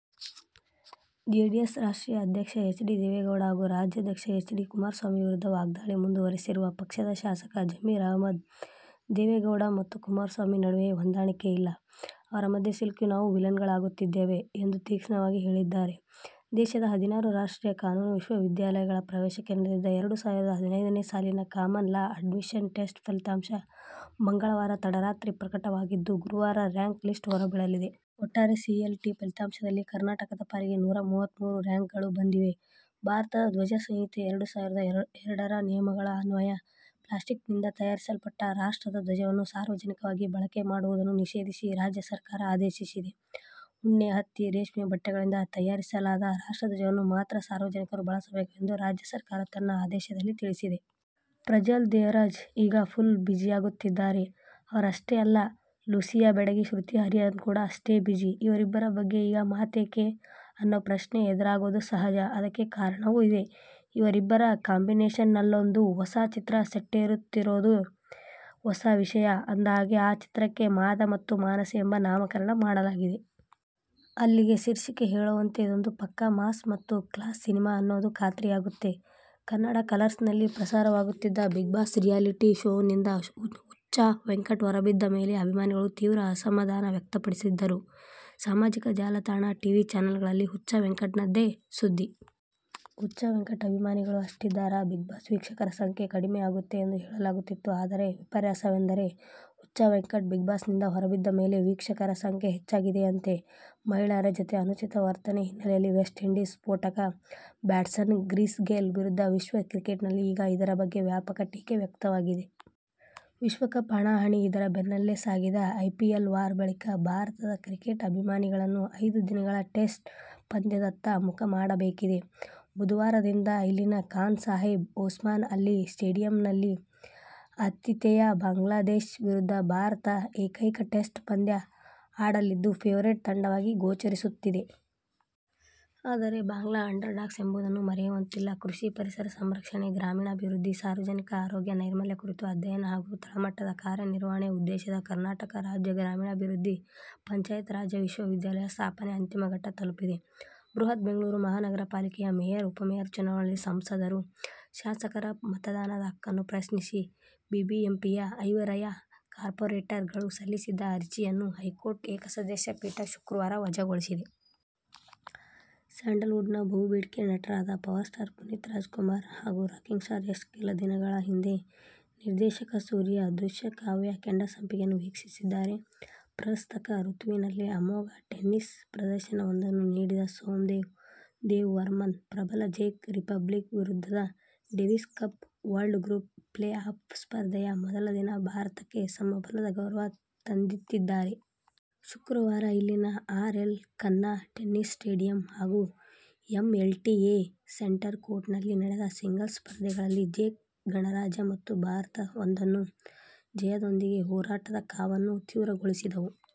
JDS ರಾಷ್ಟ್ರೀಯ ಅಧ್ಯಕ್ಷ H. D. Devegowda ಹಾಗೂ ರಾಜ್ಯಾಧ್ಯಕ್ಷ ಎಚ್. ಡಿ. ಕುಮಾರಸ್ವಾಮಿ ವಿರುದ್ಧ ವಾಗ್ಧಾಳಿ ಮುಂದುವರಿಸಿರುವ ಪಕ್ಷದ ಶಾಸಕ ಜಮೀರ್ ಅಹಮದ್, ದೇವೇಗೌಡ ಮತ್ತು ಕುಮಾರಸ್ವಾಮಿ ನಡುವೆಯೇ ಹೊಂದಾಣಿಕೆಯಿಲ್ಲ. ಅವರ ಮಧ್ಯೆ ಸಿಲುಕಿ ನಾವು ವಿಲನ್ಗಳಾಗುತ್ತಿದ್ದೇವೆ ಎಂದು ತೀಕ್ಷ್ಣವಾಗಿ ಹೇಳಿದ್ದಾರೆ. ದೇಶದ ಹದಿನಾರು ರಾಷ್ಟ್ರೀಯ ಕಾನೂನು ವಿಶ್ವವಿದ್ಯಾಲಯಗಳ ಪ್ರವೇಶಕ್ಕೆ ನಡೆದಿದ್ದ ಎರಡು ಸಾವಿರದ ಹದಿನೈದನೇ ಸಾಲಿನ ಕಾಮನ್ ಲಾ ಅಡ್ಮಿಷನ್ ಟೆಸ್ಟ್ ಫಲಿತಾಂಶ ಮಂಗಳವಾರ ತಡರಾತ್ರಿ ಪ್ರಟಕವಾಗಿದ್ದು, ಗುರುವಾರ ರ್ಯಾಂಕ್ ಲಿಸ್ಟ್ ಹೊರಬೀಳಲಿದೆ. ಒಟ್ಟಾರೆ ಸಿಎಲ್ಎಟಿ ಫಲಿತಾಂಶದಲ್ಲಿ ಕರ್ನಾ ಟಕದ ಪಾಲಿಗೆ ನೂರ ಮೂವತ್ತಾರು ರಾಂಕ್ಗಳು ಬಂದಿವೆ. ಭಾರತ ಧ್ವಜ ಸಂಹಿತೆ-ಎರಡು ಸಾವಿರದ ಎರಡರ ನಿಯಮಗಳ ಅನ್ವಯ ಪ್ಲಾಸ್ಟಿಕ್ನಿಂದ ತಯಾರಿಸಲ್ಪಟ್ಟ ರಾಷ್ಟ್ರದ ಧ್ವಜವನ್ನು ಸಾರ್ವಜನಿಕವಾಗಿ ಬಳಕೆ ಮಾಡುವುದನ್ನು ನಿಷೇಧಿಸಿ ರಾಜ್ಯ ಸರ್ಕಾರ ಆದೇಶಿಸಿದೆ. ಉಣ್ಣೆ, ಹತ್ತಿ, ರೇಷ್ಮೆ ಬಟ್ಟೆಗಳಿಂದ ತಯಾರಿಸಲಾದ ರಾಷ್ಟ್ರಧ್ವಜವನ್ನು ಮಾತ್ರ ಸಾರ್ವಜನಿಕರು ಬಳಸಬೇಕು ಎಂದು ರಾಜ್ಯ ಸರ್ಕಾರ ತನ್ನ ಆದೇಶದಲ್ಲಿ ತಿಳಿಸಿದೆ. ಪ್ರಜ್ವಲ್ ದೇವರಾಜ್ ಈಗ ಫುಲ್ ಬಿಝಿಯಾಗುತ್ತಿದ್ದಾರೆ. ಅವರಷ್ಟೇ ಅಲ್ಲ, ಲೂಸಿಯಾ ಬೆಡಗಿ ಶ್ರುತಿ ಹರಿಹರನ್ ಕೂಡ ಅಷ್ಟೇ ಬಿಝಿ. ಇವರಿಬ್ಬರ ಬಗ್ಗೆ ಈಗ ಮಾತೇಕೆ ಅನ್ನೋ ಪ್ರಶ್ನೆ ಎದುರಾಗೋದು ಸಹಜ. ಅದಕ್ಕೆ ಕಾರಣವೂ ಇದೆ. ಇವರಿಬ್ಬರ ಕಾಂಬಿನೇಷನ್ನಲ್ಲೊಂದು ಹೊಸ ಚಿತ್ರ ಸೆಟ್ಟೇರುತ್ತಿರೋದೇ ಹೊಸ ವಿಷಯ. ಅಂದಹಾಗೆ, ಆ ಚಿತ್ರಕ್ಕೆ ಮಾದ ಮತ್ತು ಮಾನಸಿ ಎಂದು ನಾಮಕರಣ ಮಾಡಲಾಗಿದೆ. ಅಲ್ಲಿಗೆ ಶೀರ್ಷಿಕೆ ಹೇಳುವಂತೆ, ಇದೊಂದು ಪಕ್ಕಾ ಮಾಸ್ ಮತ್ತು ಕ್ಲಾಸ್ ಸಿನಿಮಾ ಅನ್ನೋದು ಖಾತ್ರಿಯಾಗುತ್ತೆ. ಕನ್ನಡ ಕಲರ್ಸ್ ನಲ್ಲಿ ಪ್ರಸಾರವಾಗುತ್ತಿದ್ದ ಬಿಗ್ ಬಾಸ್ ರಿಯಾಲಿಟಿ ಶೋನಿಂದ ಹುಚ್ಚ ವೆಂಕಟ್ ಹೊರಬಿದ್ದ ಮೇಲೆ ಅಭಿಮಾನಿಗಳು ತೀವ್ರ ಅಸಮಾಧಾನ ವ್ಯಕ್ತಪಡಿಸಿದ್ದರು. ಸಾಮಾಜಿಕ ಜಾಲತಾಣ, ಟಿವಿ ಚಾನೆಲ್ ಗಳಲ್ಲಿ ಹುಚ್ಚ ವೆಂಕಟ್ ನದ್ದೇ ಸುದ್ದಿ. ಹುಚ್ಚ ವೆಂಕಟ್ ಅಭಿಮಾನಿಗಳು ಅಷ್ಟಿದ್ದಾರಾ ಬಿಗ್ ಬಾಸ್ ವೀಕ್ಷಕರ ಸಂಖ್ಯೆ ಕಡಿಮೆಯಾಗುತ್ತೆ ಎಂದು ಹೇಳಲಾಗುತ್ತಿತ್ತು. ಆದರೆ ವಿಪರ್ಯಾಸವೆಂದರೆ ಹುಚ್ಚ ವೆಂಕಟ್ ಬಿಗ್ ಬಾಸ್ ನಿಂದ ಹೊರಬಿದ್ದ ಮೇಲೆ ವೀಕ್ಷಕರ ಸಂಖ್ಯೆ ಹೆಚ್ಚಾಗಿದೆಯಂತೆ. ಮಹಿಳೆಯರ ಜತೆ ಅನುಚಿತ ವರ್ತನೆ ಹಿನ್ನೆಲೆಯಲ್ಲಿ ವೆಸ್ಟ್ ಇಂಡೀಸ್ ಸ್ಫೋಟಕ ಬ್ಯಾಟ್ಸ್ಮನ್ ಕ್ರಿಸ್ ಗೇಲ್ ವಿರುದ್ಧ ವಿಶ್ವ ಕ್ರಿಕೆಟಿನಲ್ಲಿ ಈಗ ಇದರ ಬಗ್ಗೆ ವ್ಯಾಪಕ ಟೀಕೆ ವ್ಯಕ್ತವಾಗಿದೆ. ವಿಶ್ವಕಪ್ ಹಣಾಹಣಿ, ಇದರ ಬೆನ್ನಲ್ಲೇ ಸಾಗಿದ ಐಪಿಎಲ್ ವಾರ್ ಬಳಿಕ ಭಾರತದ ಕ್ರಿಕೆಟ್ ಅಭಿಮಾನಿಗಳನ್ನು ಐದು ದಿನಗಳ ಟೆಸ್ಟ್ ಪಂದ್ಯದತ್ತ ಮುಖ ಮಾಡಬೇಕಿದೆ. ಬುಧವಾರದಿಂದ ಇಲ್ಲಿನ ಖಾನ್ ಸಾಹೇಬ್ ಒಸ್ಮಾನ್ ಅಲಿ ಸ್ಟೇಡಿಯಂನಲ್ಲಿ ಆತಿಥೇಯ ಬಾಂಗ್ಲಾದೇಶ ವಿರುದ್ಧ ಭಾರತ ಏಕೈಕ ಟೆಸ್ಟ್ ಪಂದ್ಯ ಆಡಲಿದ್ದು, ಫೇವರಿಟ್ ತಂಡವಾಗಿ ಗೋಚರಿಸುತ್ತಿದೆ. ಆದರೆ ಬಾಂಗ್ಲಾ ಅಂಡರ್ ಡಾಗ್ಸ್ ಎಂಬುದನ್ನು ಮರೆಯುವಂತಿಲ್ಲ ಕೃಷಿ, ಪರಿಸರ ಸಂರಕ್ಷಣೆ, ಗ್ರಾಮೀಣಾಭಿವೃದ್ಧಿ, ಸಾರ್ವಜನಿಕ ಆರೋಗ್ಯ, ನೈರ್ಮಲ್ಯ ಕುರಿತು ಅಧ್ಯಯನ ಹಾಗೂ ತಳಮಟ್ಟದ ಕಾರ್ಯನಿರ್ವಹಣೆ ಉದ್ದೇಶದ ಕರ್ನಾಟಕ ರಾಜ್ಯ ಗ್ರಾಮೀಣಾಭಿವೃದ್ಧಿ ಪಂಚಾಯತ್ ರಾಜ್ ವಿಶ್ವವಿದ್ಯಾಲಯ' ಸ್ಥಾಪನೆ ಅಂತಿಮ ಘಟ್ಟ ತಲುಪಿದೆ. ಬೃಹತ್ ಬೆಂಗಳೂರು ಮಹಾನಗರ ಪಾಲಿಕೆಯ ಮೇಯರ್, ಉಪಮೇಯರ್ ಚುನಾವಣೆಯಲ್ಲಿ ಸಂಸದರು, ಶಾಸಕರ ಮತದಾನದ ಹಕ್ಕನ್ನು ಪ್ರಶ್ನಿಸಿ ಬಿಬಿಎಂಪಿಯ ಐವರಯ ಕಾರ್ಪೋರೇಟರ್ ಗಳು ಸಲ್ಲಿಸಿದ್ದ ಅರ್ಜಿಯನ್ನು ಹೈಕೋರ್ಟ್ ಏಕಸದಸ್ಯ ಪೀಠ ಶುಕ್ರವಾರ ವಜಾಗೊಳಿಸಿದೆ. ಸ್ಯಾಂಡಲ್ ವುಡ್'ನ ಬಹುಬೇಡಿಕೆಯ ನಟರಾದ ಪವರ್ ಸ್ಟಾರ್ ಪುನೀತ್ ರಾಜ್ ಕುಮಾರ್ ಹಾಗೂ ರಾಕಿಂಗ್ ಸ್ಟಾರ್ ಯಶ್ ಕೆಲದಿನಗಳ ಹಿಂದೆ ನಿರ್ದೇಶಕ ಸೂರಿಯ ದೃಶ್ಯಕಾವ್ಯ ಕೆಂಡಸಂಪಿಗೆಯನ್ನು ವೀಕ್ಷಿಸಿದ್ದಾರೆ. ಪ್ರಸಕ್ತ ಋತುವಿನಲ್ಲೇ ಅಮೋಘ ಟೆನ್ನಿಸ್ ಪ್ರದರ್ಶನವೊಂದನ್ನು ನೀಡಿದ ಸೋಮ್ದೇವ್ ದೇವವರ್ಮನ್ ಪ್ರಬಲ ಜೆಕ್ ರಿಪಬ್ಲಿಕ್ ವಿರುದ್ಧದ Davis Cup World Group playoff ಸ್ಪರ್ಧೆಯ ಮೊದಲ ದಿನ ಭಾರತಕ್ಕೆ ಸಮಬಲದ ಗೌರವ ತಂದಿತ್ತಿದ್ದಾರೆ. ಶುಕ್ರವಾರ ಇಲ್ಲಿನ R. L Khanna tennis stadium ಹಾಗೂ ಡಿಎಲ್ಟಿಎ ಸೆಂಟರ್ ಕೋರ್ಟ್'ನಲ್ಲಿ ನಡೆದ ಸಿಂಗಲ್ಸ್ ಸ್ಪರ್ಧೆಗಳಲ್ಲಿ ಜೆಕ್ ಗಣರಾಜ್ಯ ಮತ್ತು ಭಾರತ ಒಂದೊಂದು ಜಯದೊಂದಿಗೆ ಹೋರಾಟದ ಕಾವನ್ನು ತೀವ್ರಗೊಳಿಸಿದವು.